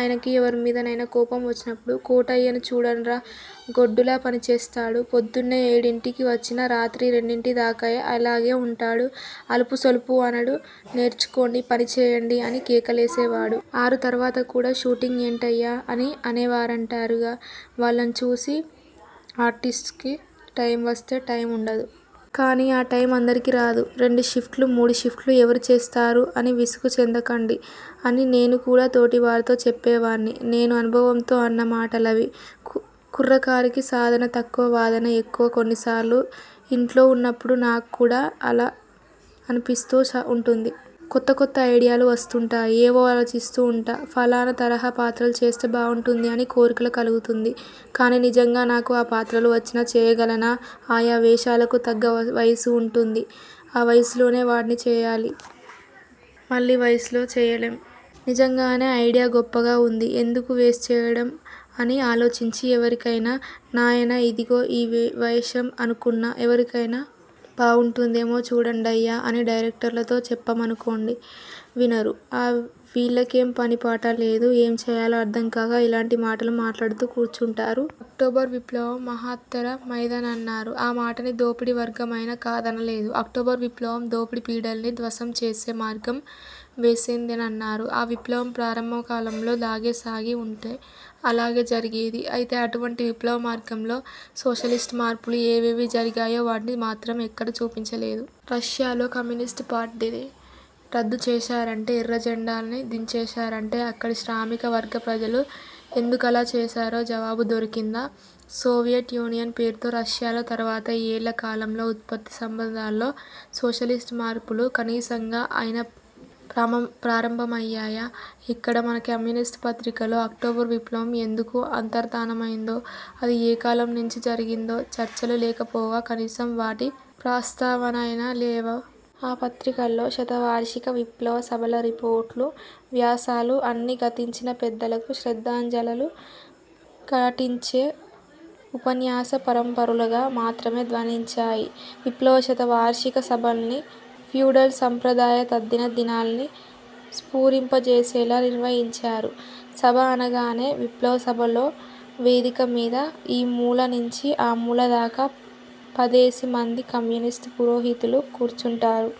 ఆయనకు ఎవరిమీదైనా కోపం వచ్చినప్పుడు 'కోటయ్యను చూడండ్రా గొడ్డులా పనిచేస్తాడు. పొద్దున్నే ఏడింటికి వచ్చినా, రాత్రి రెండింటిదాకైనా అలాగే ఉంటాడు. అలుపూ సొలుపూ అనడు. నేర్చుకోండి. పనిచేయండి' అని కేకలేసేవాడు. 'ఆరు తర్వాత కూడా షూటింగ్ ఏంటయ్యా' అని అనేవారుంటారుగా వాళ్లను చూసి! 'ఆర్టిస్టుకి టైమ్ వస్తే టైమ్ ఉండదు. కానీ ఆ టైమ్ అందరికీ రాదు. 'రెండు షిఫ్ట్లు, మూడు షిఫ్ట్లు ఎవరు చేస్తారు? అని విసుగు చెందకండి' అని నేను కూడా తోటివారితో చెప్పేవాణ్ణి. నేను అనుభవంతో అన్న మాటలవి. కుర్రకారుకి సాధన తక్కువ-వాదన ఎక్కువ కొన్నిసార్లు ఇంట్లో ఉన్నప్పుడు నాక్కూడా చాలా అనిపిస్తూ ఉంటుంది. కొత్త కొత్త ఐడియాలు వస్తుంటాయి. ఏవో ఆలోచిస్తూ ఉంటా. ఫలానా తరహా పాత్రలు చేస్తే బావుంటుంది అని కోరిక కలుగుతుంది. కానీ నిజంగా నాకు ఆ పాత్రలు వచ్చినా చేయగలనా? ఆయా వేషాలకు తగ్గ వయసు ఉంటుంది. ఆ వయసులోనే వాటిని చేసేయాలి. మలి వయసులో చేయలేం. నిజంగానే ఐడియా గొప్పగా ఉంది ఎందుకు వేస్ట్ చేయడం అని ఆలోచించి ఎవరికైనా 'నాయనా ఇదిగో ఈ వేషం అనుకున్నా. ఎవరికైనా బావుంటుందేమో చూడండయ్యా' అని డైరెక్టర్లతో చెప్పామనుకోండి. వినరు. 'ఆ వీళ్లకేం పనీపాటా లేదు. ఏం చెయ్యాలో అర్థంకాక ఇలాంటి మాటలు మాట్లాడుతూ కూర్చుంటారు. అక్టోబరు విప్లవం 'మహత్తర'మైనదన్నారు. ఆ మాటని దోపిడీ వర్గం అయినా కాదనలేదు. అక్టోబరు విప్లవం, దోపిడీ పీడనల్ని ధ్వంసం చేసే మార్గం వేసేసిందన్నారు. ఆ విప్లవం, ప్రారంభ కాలంలో లాగే సాగి వుంటే, అలాగే జరిగేది. అయితే, అటువంటి విప్లవ మార్గంలో, సోషలిస్టు మార్పులు ఏవేవి జరిగాయో వాటిని మాత్రం ఎక్కడా చూపించలేదు. రష్యాలో, కమ్యూనిస్టు పార్టీని రద్దు చేసేశారంటే, ఎర్ర జెండాని దించేశారంటే, అక్కడి శ్రామిక వర్గ ప్రజలు ఎందుకలా చేశారో జవాబు దొరికిందా? 'సోవియట్ యూనియన్' పేరుతో రష్యాలో, తర్వాత ఏళ్ళ కాలంలో, 'ఉత్పత్తి సంబంధాల్లో, సోషలిస్టు మార్పులు' కనీసంగా అయినా ప్రారంభమయ్యాయా? ఇక్కడ మన కమ్యూనిస్టు పత్రికల్లో, అక్టోబరు విప్లవం ఎందుకు అంతర్ధానమైందో, అది ఏ కాలం నించి జరిగిందో, చర్చలు లేకపోగా, కనీసం వాటి ప్రస్తావనలైనా లేవు. ఆ పత్రికల్లో, శత వార్షిక విప్లవ సభల రిపోర్టులూ, వ్యాసాలూ అన్నీ, గతించిన పెద్దలకు శ్రద్ధాంజలులు ఘటించే ఉపన్యాస పరంపరులుగా మాత్రమే ధ్వనించాయి. విప్లవ శత వార్షిక సభల్ని, ఫ్యూడల్ సంప్రదాయ తద్దిన దినాల్ని స్ఫురింపజేసేలా నిర్వహించారు! 'సభ' అనగానే, విప్లవ సభల్లో, వేదిక మీద ఈ మూల నించి ఆ మూల దాకా, పదేసి మంది కమ్యూనిస్టు పురోహితులు, కూర్చుంటారు.